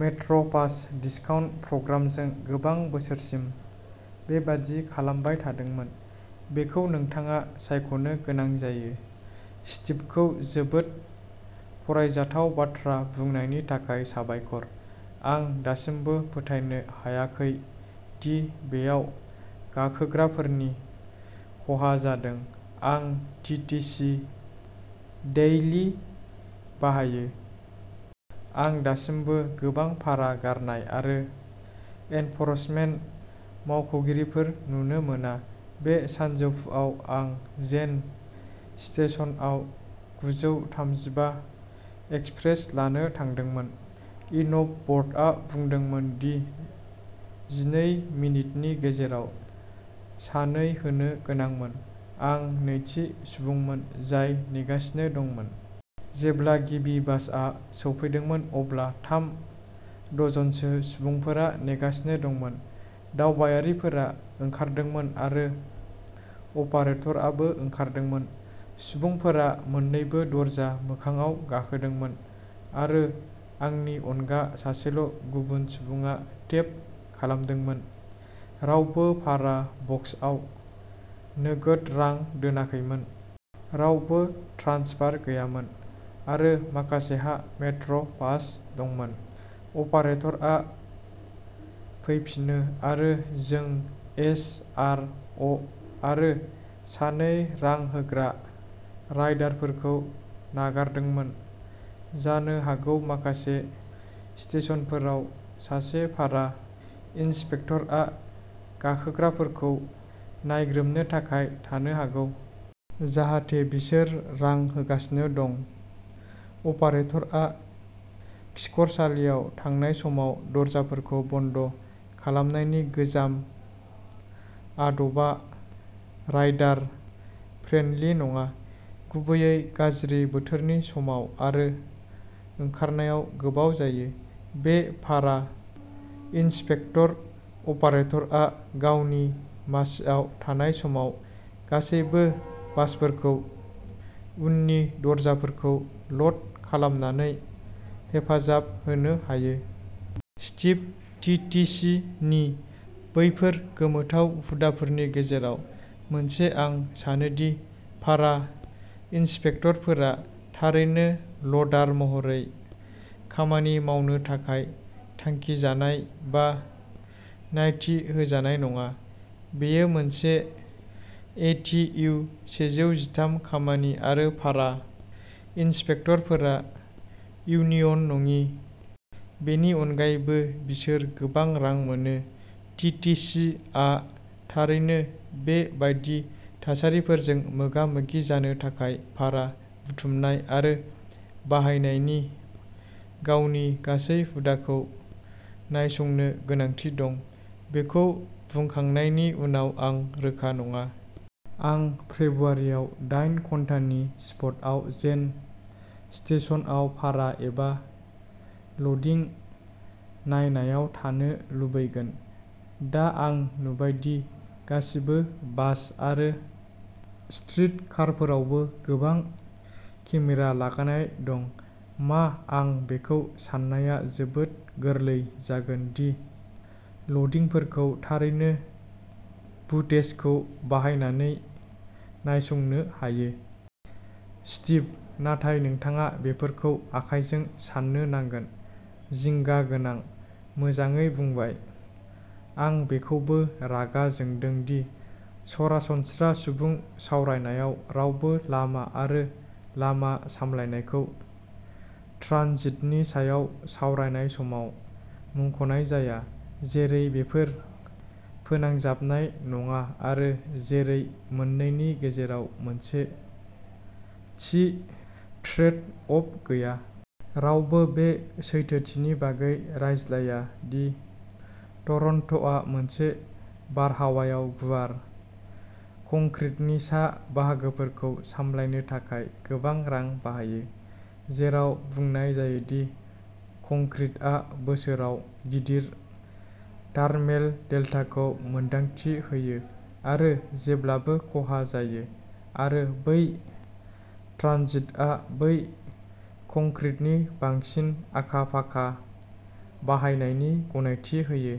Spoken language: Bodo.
मेट्र' पास डिस्काउन्ट प्रग्रामजों गोबां बोसोरसिम बेबादि खालामबाय थादोंमोन। बेखौ नोंथाङा सायख'नो गोनां जायो। स्टिभखौ जोबोद फरायजाथाव बाथ्रा बुंनायनि थाखाय साबायखर। आं दासिमबो फोथायनो हायाखै दि बेयाव गाखोग्राफोरनि खहा जादों। आं टिटिसि डेइलि बाहायो। आं दासिमबो गोबां भारा गारनाय आरो एनफरसमेन्ट मावख'गिरिफोर नुनो मोना। बे सानजौफुआव आं जेन स्टेशनआव गुजौ थामजिबा एक्सप्रेस लानो थांदोंमोन। इन' बर्डआ बुंदोंमोन दि जिनै मिनिटनि गेजेराव सानै होनो गोनांमोन। आं नैथि सुबुंमोन जाय नेगासिनो दंमोन। जेब्ला गिबि बासआ सौफैदोंमोन अब्ला थाम दजनसो सुबुंफोरा नेगासिनो दंमोन। दावबायारिफोरा ओंखारदोंमोन आरो अपारेटरआबो ओंखारदोंमोन। सुबुंफोरा मोननैबो दरजा मोखांआव गाखोदोंमोन आरो आंनि अनगा सासेल' गुबुन सुबुङा टेप खालामदोंमोन। रावबो भारा बक्सआव नोगोद रां दोनाखैमोन। रावबो ट्रान्सफार गैयामोन। आरो माखासेहा मेट्र' पास दंमोन। अपारेटरआ फैफिनो आरो जों एस आर अ' आरो सानै रां होग्रा राइडारफोरखौ नागारदोंमोन। जानो हागौ माखासे स्टेशनफोराव सासे भारा इन्सपेक्टरआ गाखोग्राफोरखौ नायग्रोमनो थाखाय थानो हागौ। जाहाथे बिसोर रां होगासिनो दं। अपारेटरआ खिखरसालियाव थांनाय समाव दरजाफोरखौ बन्द खालामनायनि गोजाम आदबा राइडार फ्रेन्डलि नङा। गुबैयै गाज्रि बोथोरनि समाव आरो ओंखारनायाव गोबाव जायो। बे भारा इन्सपेक्टर अपारेटरआ गावनि मासिआव थानाय समाव गासैबो बासफोरखौ उननि दरजाफोरखौ ल'ड खालामनानै हेफाजाब होनो हायो। स्टीभ: टि टि सि नि बैफोर गोमोथाव हुदाफोरनि गेजेराव मोनसे आं सानो दि भारा इन्सपेक्टरफोरा थारैनो ल'डार महरै खामानि मावनो थाखाय थांखिजानाय बा नायथि होजानाय नङा। बेयो मोनसे ए टि इउ सेजौ जिथाम खामानि आरो भारा इन्सपेक्टरफोरा इउनियन नङि। बेनि अनगायैबो बिसोर गोबां रां मोनो। टि टि सि आ थारैनो बे बायदि थासारिफोरजों मोगा-मोगि जानो थाखाय भारा बुथुमनाय आरो बाहायनायनि गावनि गासै हुदाखौ नायसंनो गोनांथि दं। बेखौ बुंखांनायनि उनाव आं रोखा नङा। आं फेब्रुवारियाव दाइन घन्टानि सिफ्टआव जेन स्टेशनआव भारा एबा ल'डिं नायनायाव थानो लुबैगोन। दा आं नुबाय दि गासिबो बास आरो स्ट्रिटकारफोरावबो गोबां केमेरा लागायनाय दं। मा आं बेखौ साननाया जोबोद गोरलै जागोन दि ल'डिंफोरखौ थारैनो फुटेजखौ बाहायनानै नायसंनो हायो। स्टीभः नाथाय नोंथाङा बेफोरखौ आखाइजों साननो नांगोन। जिंगा गोनां। मोजाङै बुंबाय। आं बेखौबो रागा जोंदों दि सरासनस्रा सुबुं सावरायनायाव रावबो लामा आरो लामा सामलायनायखौ ट्रानजिटनि सायाव सावरायनाय समाव मुंख'नाय जाया। जेरै बेफोर फोनांजाबनाय नङा आरो जेरै मोननैनि गेजेराव मोनसे थि ट्रेड अफ गैया। रावबो बे सैथोथिनि बागै रायज्लाया दि टरन्ट'आ मोनसे बारहावायाव गुवार कंक्रिटनि सा बाहागोफोरखौ सामलायनो थाखाय गोबां रां बाहायो। जेराव बुंनाय जायो दि कंक्रिटआ बोसोराव गिदिर थार्मेल डेल्टाखौ मोन्दांथि होयो आरो जेब्लाबो खहा जायो आरो बै ट्रानजिटआ बै कंक्रिटनि बांसिन आखा-फाखा बाहायनायनि गनायथि होयो।